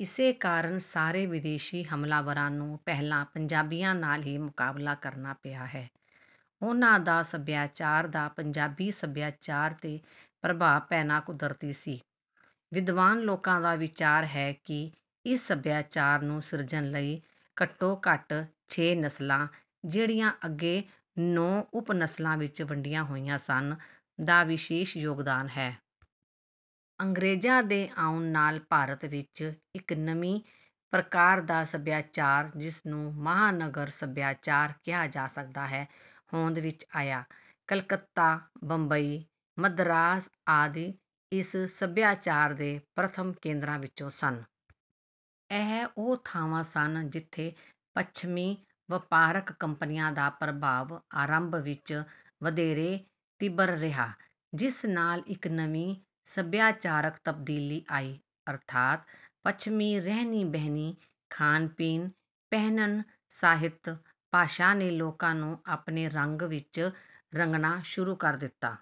ਇਸੇ ਕਾਰਨ ਸਾਰੇ ਵਿਦੇਸ਼ੀ ਹਮਲਾਵਰਾਂ ਨੂੰ ਪਹਿਲਾਂ ਪੰਜਾਬੀਆਂ ਨਾਲ ਹੀ ਮੁਕਾਬਲਾ ਕਰਨਾ ਪਿਆ ਹੈ। ਉਨ੍ਹਾਂ ਦਾ ਸਭਿਆਚਾਰ ਦਾ ਪੰਜਾਬੀ ਸਭਿਆਚਾਰ 'ਤੇ ਪ੍ਰਭਾਵ ਪੈਣਾ ਕੁਦਰਤੀ ਸੀ। ਵਿਦਵਾਨ ਲੋਕਾਂ ਦਾ ਵਿਚਾਰ ਹੈ ਕਿ ਇਸ ਸਭਿਆਚਾਰ ਨੂੰ ਸਿਰਜਣ ਲਈ ਘੱਟੋ-ਘੱਟ ਛੇ ਨਸਲਾਂ, ਜਿਹੜੀਆਂ ਅੱਗੇ ਨੌਂ ਉਪ-ਨਸਲਾਂ ਵਿੱਚ ਵੰਡੀਆਂ ਹੋਈਆਂ ਸਨ, ਦਾ ਵਿਸ਼ੇਸ਼ ਯੋਗਦਾਨ ਹੈ। ਅੰਗਰੇਜ਼ਾਂ ਦੇ ਆਉਣ ਨਾਲ ਭਾਰਤ ਵਿੱਚ ਇੱਕ ਨਵੀਂ ਪ੍ਰਕਾਰ ਦਾ ਸਭਿਆਚਾਰ, ਜਿਸ ਨੂੰ "ਮਹਾਨਗਰ" ਸਭਿਆਚਾਰ ਕਿਹਾ ਜਾ ਸਕਦਾ ਹੈ, ਹੋਂਦ ਵਿੱਚ ਆਇਆ। ਕਲਕੱਤਾ, ਬੰਬਈ, ਮਦਰਾਸ ਆਦਿ ਇਸ ਸਭਿਆਚਾਰ ਦੇ ਪ੍ਰਥਮ ਕੇਂਦਰਾਂ ਵਿੱਚੋਂ ਸਨ। ਇਹ ਉਹ ਥਾਵਾਂ ਸਨ ਜਿੱਥੇ ਪੱਛਮੀ ਵਪਾਰਕ ਕੰਪਨੀਆਂ ਦਾ ਪ੍ਰਭਾਵ ਆਰੰਭ ਵਿੱਚ ਵਧੇਰੇ ਤੀਬਰ ਰਿਹਾ, ਜਿਸ ਨਾਲ ਇੱਕ ਨਵੀਂ ਸਭਿਆਚਾਰਕ ਤਬਦੀਲੀ ਆਈ। ਅਰਥਾਤ ਪੱਛਮੀ ਰਹਿਣੀ-ਬਹਿਣੀ, ਖਾਣ-ਪੀਣ, ਪਹਿਨਣ, ਸਾਹਿਤ, ਭਾਸ਼ਾ ਨੇ ਲੋਕਾਂ ਨੂੰ ਆਪਣੇ ਰੰਗ ਵਿੱਚ ਰੰਗਣਾ ਸ਼ੁਰੂ ਕਰ ਦਿੱਤਾ।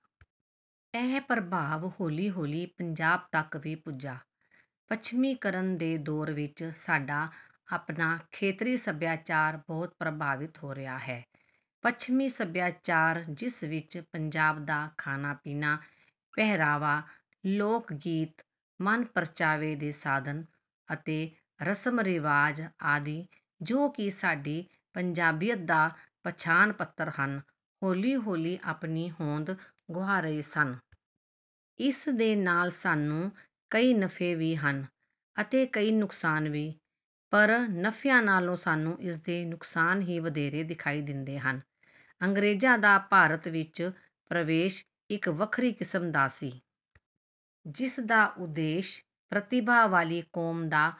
ਇਹ ਪ੍ਰਭਾਵ ਹੌਲੀ-ਹੌਲੀ ਪੰਜਾਬ ਤੱਕ ਵੀ ਪੁੱਜਾ। ਪੱਛਮੀਕਰਨ ਦੇ ਦੌਰ ਵਿੱਚ ਸਾਡਾ ਆਪਣਾ ਖੇਤਰੀ ਸਭਿਆਚਾਰ ਬਹੁਤ ਪ੍ਰਭਾਵਿਤ ਹੋ ਰਿਹਾ ਹੈ। ਪੱਛਮੀ ਸਭਿਆਚਾਰ, ਜਿਸ ਵਿੱਚ ਪੰਜਾਬ ਦਾ ਖਾਣਾ-ਪੀਣਾ, ਪਹਿਰਾਵਾ, ਲੋਕ-ਗੀਤ, ਮਨ-ਪ੍ਰਚਾਵੇ ਦੇ ਸਾਧਨ ਅਤੇ ਰਸਮ-ਰਿਵਾਜ ਆਦਿ ਜੋ ਕਿ ਸਾਡੀ ਪੰਜਾਬੀਅਤ ਦਾ ਪਛਾਣ-ਪੱਤਰ ਹਨ, ਹੌਲੀ-ਹੌਲੀ ਆਪਣੀ ਹੋਂਦ ਗੁਆ ਰਹੇ ਸਨ। ਇਸ ਦੇ ਨਾਲ ਸਾਨੂੰ ਕਈ ਨਫ਼ੇ ਵੀ ਹਨ ਅਤੇ ਕਈ ਨੁਕਸਾਨ ਵੀ। ਪਰ ਨਫ਼ਿਆਂ ਨਾਲੋਂ ਸਾਨੂੰ ਇਸਦੇ ਨੁਕਸਾਨ ਹੀ ਵਧੇਰੇ ਦਿਖਾਈ ਦਿੰਦੇ ਹਨ। ਅੰਗਰੇਜ਼ਾਂ ਦਾ ਭਾਰਤ ਵਿੱਚ ਪ੍ਰਵੇਸ਼ ਇੱਕ ਵੱਖਰੀ ਕਿਸਮ ਦਾ ਸੀ, ਜਿਸ ਦਾ ਉਦੇਸ਼ ਪ੍ਰਤਿਭਾ ਵਾਲੀ ਕੌਮ ਦਾ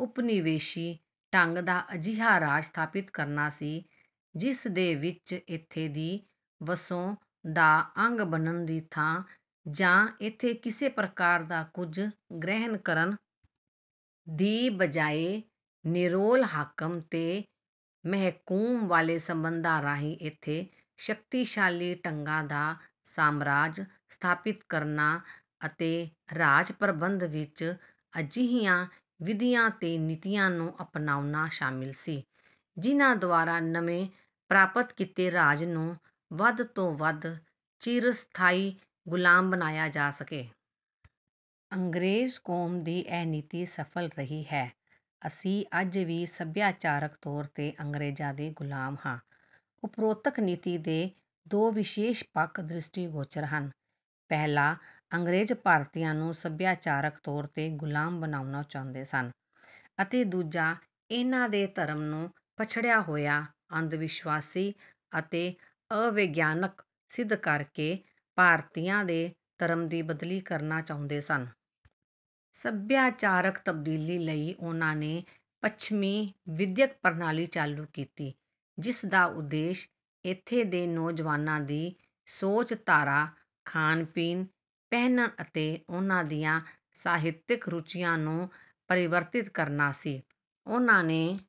ਉਪਨਿਵੇਸ਼ੀ ਢੰਗ ਦਾ ਅਜਿਹਾ ਰਾਜ ਸਥਾਪਿਤ ਕਰਨਾ ਸੀ, ਜਿਸਦੇ ਵਿੱਚ ਇੱਥੋਂ ਦੀ ਵਸੋਂ ਦਾ ਅੰਗ ਬਣਨ ਦੀ ਥਾਂ ਜਾਂ ਇੱਥੋਂ ਕਿਸੇ ਪ੍ਰਕਾਰ ਦਾ ਕੁਝ ਗ੍ਰਹਿਣ ਕਰਨ ਦੀ ਬਜਾਏ, ਨਿਰੋਲ ਹਾਕਮ ਤੇ ਮਹਿਕੂਮ ਵਾਲੇ ਸੰਬੰਧਾਂ ਰਾਹੀਂ ਇੱਥੇ ਸ਼ਕਤੀਸ਼ਾਲੀ ਢੰਗਾਂ ਦਾ ਸਾਮਰਾਜ ਸਥਾਪਿਤ ਕਰਨਾ ਅਤੇ ਰਾਜ-ਪ੍ਰਬੰਧ ਵਿੱਚ ਅਜਿਹੀਆਂ ਵਿਧੀਆਂ ਤੇ ਨੀਤੀਆਂ ਨੂੰ ਅਪਨਾਉਣਾ ਸ਼ਾਮਿਲ ਸੀ, ਜਿਨ੍ਹਾਂ ਦੁਆਰਾ ਨਵੇਂ ਪ੍ਰਾਪਤ ਕੀਤੇ ਰਾਜ ਨੂੰ ਵੱਧ ਤੋਂ ਵੱਧ ਚਿਰ ਸਥਾਈ ਗ਼ੁਲਾਮ ਬਣਾਇਆ ਜਾ ਸਕੇ। ਅੰਗਰੇਜ਼ ਕੌਮ ਦੀ ਇਹ ਨੀਤੀ ਸਫਲ ਰਹੀ ਹੈ। ਅਸੀਂ ਅੱਜ ਵੀ ਸਭਿਆਚਾਰਕ ਤੌਰ 'ਤੇ ਅੰਗਰੇਜ਼ਾਂ ਦੇ ਗੁਲਾਮ ਹਾਂ। ਉਪਰੋਕਤ ਨੀਤੀ ਦੇ ਦੋ ਵਿਸ਼ੇਸ਼ ਪੱਖ ਦ੍ਰਿਸ਼ਟੀਗੋਚਰ ਹਨ। ਪਹਿਲਾ, ਅੰਗਰੇਜ਼ ਭਾਰਤੀਆਂ ਨੂੰ ਸਭਿਆਚਾਰਕ ਤੌਰ 'ਤੇ ਗ਼ੁਲਾਮ ਬਣਾਉਣਾ ਚਾਹੁੰਦੇ ਸਨ, ਅਤੇ ਦੂਜਾ, ਇਨ੍ਹਾਂ ਦੇ ਧਰਮ ਨੂੰ ਪਛੜਿਆ ਹੋਇਆ, ਅੰਧ-ਵਿਸ਼ਵਾਸੀ ਅਤੇ ਅਵਿਗਿਆਨਕ ਸਿੱਧ ਕਰਕੇ ਭਾਰਤੀਆਂ ਦੇ ਧਰਮ ਦੀ ਬਦਲੀ ਕਰਨਾ ਚਾਹੁੰਦੇ ਸਨ। ਸਭਿਆਚਾਰਕ ਤਬਦੀਲੀ ਲਈ ਉਨ੍ਹਾਂ ਨੇ ਪੱਛਮੀ ਵਿਦਿਅਕ ਪ੍ਰਣਾਲੀ ਚਾਲੂ ਕੀਤੀ, ਜਿਸ ਦਾ ਉਦੇਸ਼ ਇੱਥੋਂ ਦੇ ਨੌਜਵਾਨਾਂ ਦੀ ਸੋਚ-ਧਾਰਾ, ਖਾਣ-ਪੀਣ, ਪਹਿਨਣ ਅਤੇ ਉਨ੍ਹਾਂ ਦੀਆਂ ਸਾਹਿਤਿਕ ਰੁਚੀਆਂ ਨੂੰ ਪਰਿਵਰਤਿਤ ਕਰਨਾ ਸੀ। ਉਨ੍ਹਾਂ ਨੇ